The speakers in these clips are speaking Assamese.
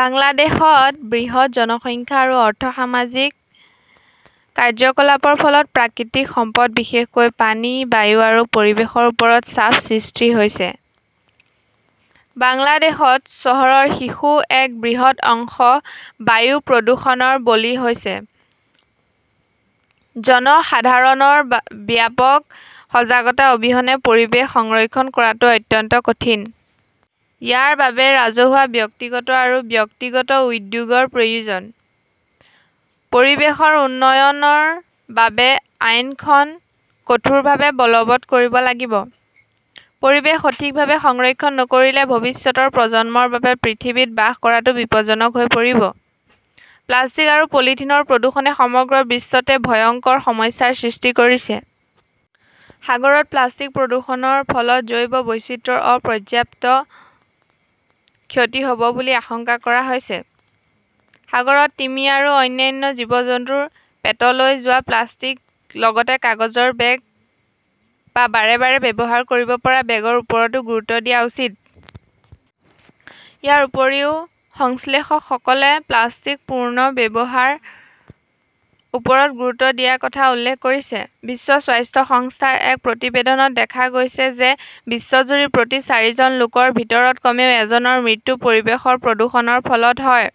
বাংলাদেশত বৃহৎ জনসংখ্যা আৰু অৰ্থ সামাজিক কাৰ্যকলাপৰ ফলত প্ৰাকৃতিক সম্পদ বিশেষকৈ পানী, বায়ু আৰু পৰিৱেশৰ ওপৰত চাপ সৃষ্টি হৈছে। বাংলাদেশত চহৰৰ শিশুৰ এক বৃহৎ অংশ বায়ু প্ৰদূষণৰ বলি হৈছে। জনসাধাৰণৰ ব্যাপক সজাগতা অবিহনে পৰিৱেশ সংৰক্ষণ কৰাটো অত্যন্ত কঠিন। ইয়াৰ বাবে ৰাজহুৱা-ব্যক্তিগত আৰু ব্যক্তিগত উদ্যোগৰ প্ৰয়োজন। পৰিৱেশৰ উন্নয়নৰ বাবে আইনখন কঠোৰভাৱে বলৱৎ কৰিব লাগিব। পৰিৱেশ সঠিকভাৱে সংৰক্ষণ নকৰিলে ভৱিষ্যতৰ প্ৰজন্মৰ বাবে পৃথিৱীত বাস কৰাটো বিপদজনক হৈ পৰিব। প্লাষ্টিক আৰু পলিথিনৰ প্ৰদূষণে সমগ্ৰ বিশ্বতে ভয়ংকৰ সমস্যাৰ সৃষ্টি কৰিছে। সাগৰত প্লাষ্টিকৰ প্ৰদূষণৰ ফলত জৈৱ বৈচিত্ৰ্যৰ অপৰ্যাপ্ত ক্ষতি হ'ব বুলি আশংকা কৰা হৈছে। সাগৰত তিমি আৰু অন্যান্য জীৱ-জন্তুৰ পেটলৈ যোৱা প্লাষ্টিক লগতে কাগজৰ বেগ বা বাৰে বাৰে ব্যৱহাৰ কৰিব পৰা বেগৰ ওপৰতো গুৰুত্ব দিয়া উচিত। ইয়াৰ উপৰিও সংশ্লেষকসকলে প্লাষ্টিক পুনৰ্ব্যৱহাৰৰ ওপৰত গুৰুত্ব দিয়াৰ কথা উল্লেখ কৰিছে। বিশ্ব স্বাস্থ্য সংস্থাৰ এক প্ৰতিবেদনত দেখা গৈছে যে, বিশ্বজুৰি প্ৰতি চাৰিজন লোকৰ ভিতৰত কমেও এজনৰ মৃত্যু পৰিৱেশ প্ৰদূষণৰ ফলত হয়।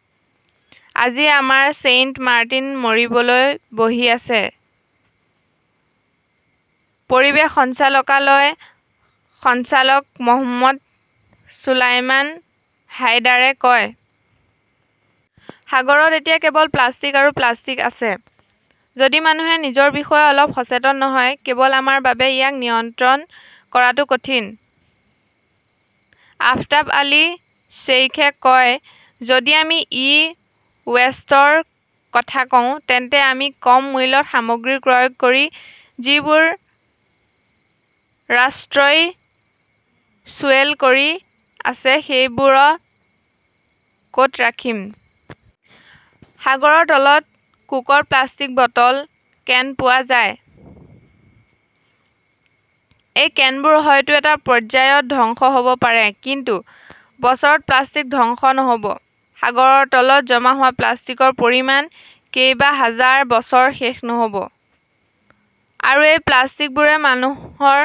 আজি আমাৰ ছেইণ্ট মাৰ্টিন মৰিবলৈ বহি আছে, পৰিৱেশ সঞ্চালকালয়ৰ সঞ্চালক মহম্মদ চুলাইমান হাইদাৰে কয়। সাগৰত এতিয়া কেৱল প্লাষ্টিক আৰু প্লাষ্টিক আছে। যদি মানুহে নিজৰ বিষয়ে অলপ সচেতন নহয়, কেৱল আমাৰ বাবে ইয়াক নিয়ন্ত্ৰণ কৰাটো কঠিন। আফতাব আলী শ্বেইখে কয়, যদি আমি ই ৱেষ্টৰ কথা কওঁ, তেন্তে আমি কম মূল্যত সামগ্ৰী ক্ৰয় কৰি যিবোৰ ৰাষ্ট্ৰই চুৱেল কৰি আছে সেইবোৰ ক'ত ৰাখিম? সাগৰৰ তলত কোকৰ প্লাষ্টিকৰ বটল, কেন পোৱা যায়। এই কেনবোৰ হয়তো এটা পৰ্যায়ত ধ্বংস হ'ব পাৰে, কিন্তু বছৰত প্লাষ্টিক ধ্বংস নহ'ব। সাগৰৰ তলত জমা হোৱা প্লাষ্টিকৰ পৰিমাণ কেইবাহাজাৰ বছৰত শেষ নহ'ব। আৰু এই প্লাষ্টিকবোৰে মানুহৰ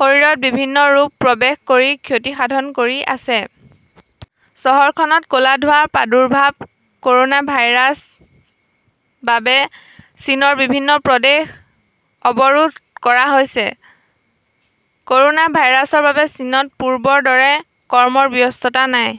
শৰীৰত বিভিন্ন ৰূপত প্ৰৱেশ কৰি ক্ষতিসাধন কৰি আছে। চহৰখনত ক 'লা ধোঁৱাৰ প্ৰাদুৰ্ভাৱ ক'ৰোনা ভাইৰাছৰ বাবে চীনৰ বিভিন্ন প্ৰদেশ অৱৰোধ কৰা হৈছে। ক'ৰোনা ভাইৰাছৰ বাবে চীনত পূৰ্বৰ দৰে কৰ্মৰ ব্যস্ততা নাই।